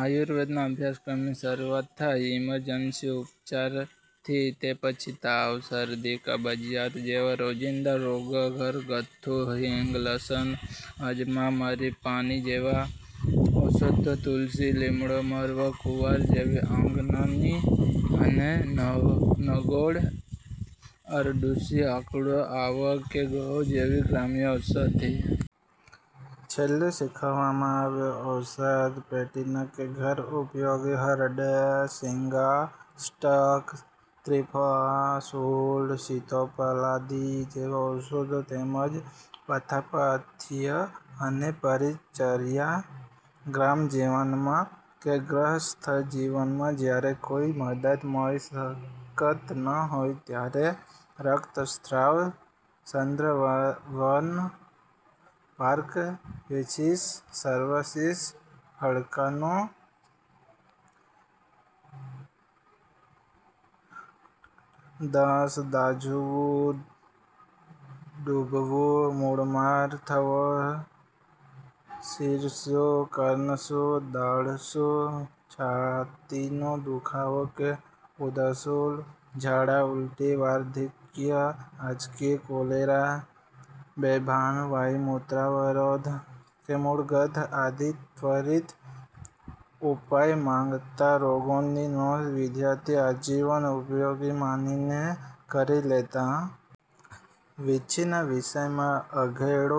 આયુર્વેદ ના અભ્યાસક્રમની શરૂઆત થાય ઇમર્જન્સી ઉપચારથી, તે પછી તાવ, શરદી, કબજિયાત જેવા રોજિંદા રોગો ઘરગથ્થુ હિંગ, લસણ, અજમા, મરી, પાણી જેવાં ઔષધો તુલસી, લીમડો, મરવો, કુંવાર જેવી આંગણાની અને નગોડ, અરડૂસી, આકડો, આવળ કે ગળો જેવી ગ્રામ્ય ઔષધિ. છેલ્લે શીખવવામાં આવે ઔષધ પેટીનાં કે ઘર ઉપયોગી હરડે, હિંગાષ્ટક, ત્રિફળા, સૂંઠ, સિતોપલાદિ જેવાં ઔષધો તેમજ પથ્યાપથ્ય અને પરિચર્યા. ગ્રામજીવનમાં કે ગૃહસ્થજીવનમાં જ્યારે કોઈ મદદ મળવી શક્ય ન હોય ત્યારે રક્તસ્રાવ, સદ્યવ્રણ, પાક, વીંછીવિષ, સર્પવિષ, હડકાયાનો દંશ, દાઝવું, ડૂબવું, મૂઢમાર થવો; શિરઃશૂળ, કર્ણશૂળ, દાઢશૂળ, છાતીનો દુખાવો કે ઉદરશૂલ, ઝાડા, ઊલટી, વરાધિક્ય, આંચકી, કૉલેરા, બેભાન, વાઈ, મૂત્રાવરોધ કે મૂઢગર્ભ આદિ ત્વરિત ઉપાય માગતા રોગોની નોંધ વિદ્યાર્થી આજીવન ઉપયોગી માનીને કરી લેતા. વીંછીના વિષમાં અધેડો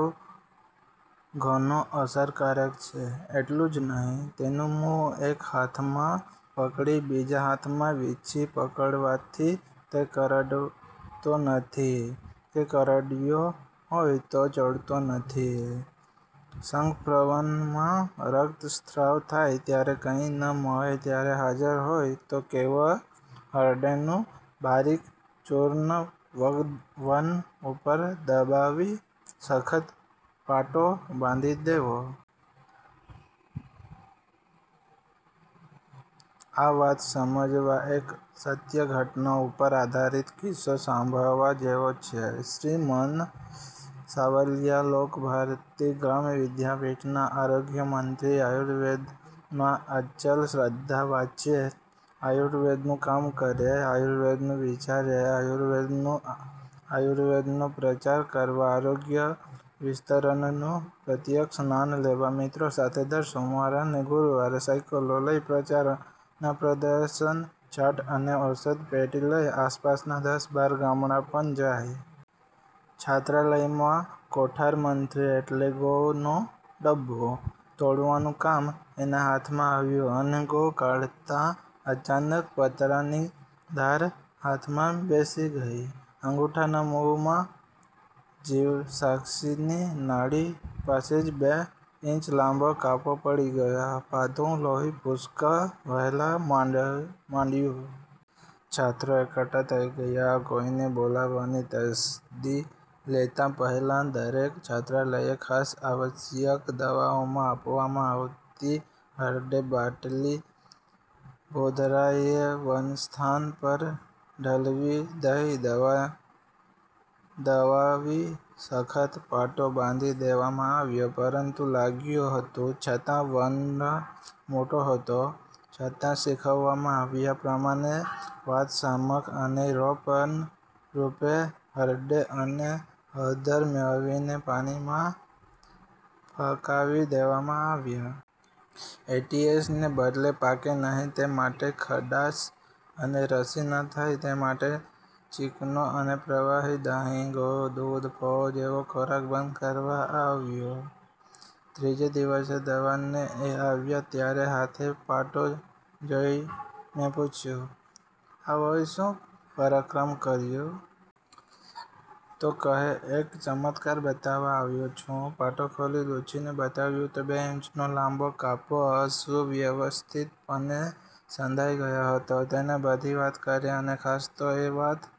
ઘણો અસરકારક છે એટલું જ નહીં, તેનું મૂળ એક હાથમાં પકડી બીજા હાથમાં વીંછી પકડવાથી તે કરડતો નથી કે કરડ્યો હોય તો ચડતો નથી! સઘવ્રણમાં રક્તસ્રાવ થાય ત્યારે કંઈ ન મળે ત્યારે હાજર હોય તો કેવળ હરડેનું બારીક ચૂર્ણ વ્રણ ઉપર દબાવી સખત પાટો બાંધી દેવો. આ વાત સમજવા એક સત્ય ઘટના ઉપર આધારિત કિસ્સો સાંભળવા જેવો છે. શ્રી મનુ સાવલિયા લોકભારતી ગ્રામવિદ્યાપીઠના આરોગ્યમંત્રી. આયુર્વેદમાં અચલ શ્રદ્ધા; વાંચે આયુર્વેદનું, કામ કરે આયુર્વેદનું, વિચારે આયુર્વેદનું. આયુર્વેદનો પ્રચાર કરવા આરોગ્ય વિસ્તરણનું પ્રત્યક્ષ જ્ઞાન લેવા મિત્રો સાથે દર સોમવાર અને ગુરુવારે સાઈકલો લઈ પ્રચારના પ્રદર્શનચાર્ટ્સ અને ઔષધપેટી લઈ આસપાસનાં દસ-બાર ગામડાંમાં પણ જાય. છાત્રાલયમાં કોઠારમંત્રી એટલે ગોળનો ડબ્બો તોડવાનું કામ એના હાથમાં આવ્યું અને ગોળ કાઢતાં અચાનક પતરાની ઘાર હાથમાં પેસી ગઈ. અંગૂઠાના મૂળમાં જીવસાક્ષિણી નાડી પાસે જ બે ઈંચ લાંબો કાપો પડી ગયો. પાતળું લોહી પુષ્કળ વહેવા માંડ્યું. છાત્રો એકઠા થઈ ગયા. કોઈને બોલાવવાની તસ્દી લેતાં પહેલાં, દરેક છાત્રાલયે ખાસ આવશ્યક દવાઓમાં આપવામાં આવતી હરડે બાટલી બોધરાએ વણસ્થાન પર ઠલવી દઈ, દબાવી સખત પાટો બાંધી દેવામાં આવ્યો. પતરું લાગ્યું હતું છતાં, વ્રણ મોટો હતો છતાં, શીખવવામાં આવ્યા પ્રમાણે વાતશામક અને રોપણરૂપે હરડે અને હળદર મેળવીને પાણીમાં ફકાવી દેવામાં આવ્યાં. એ. ટી. એસ. ને બદલે પાકે નહીં તે માટે ખટાશ અને રસી ન થાય તે માટે ચીકણો અને પ્રવાહી.. દહીં, ગોળ, દૂધ, ફળો જેવો ખોરાક બંધ કરવામાં આવ્યો. ત્રીજે દિવસે દવાખાને એ આવ્યા ત્યારે હાથે પાટો જોઈ મેં પૂછ્યું: આ વળી શું પરાક્રમ કર્યું? તો કહે એક ચમત્કાર બતાવવા આવ્યો છું. પાટો ખોલી, લૂછીને બતાવ્યું તો બે ઈંચનો લાંબો કાપો સુવ્યવસ્થિતપણે સંધાઈ ગયો હતો! તેણે બધી વાત કરી અને ખાસ તો એ વાત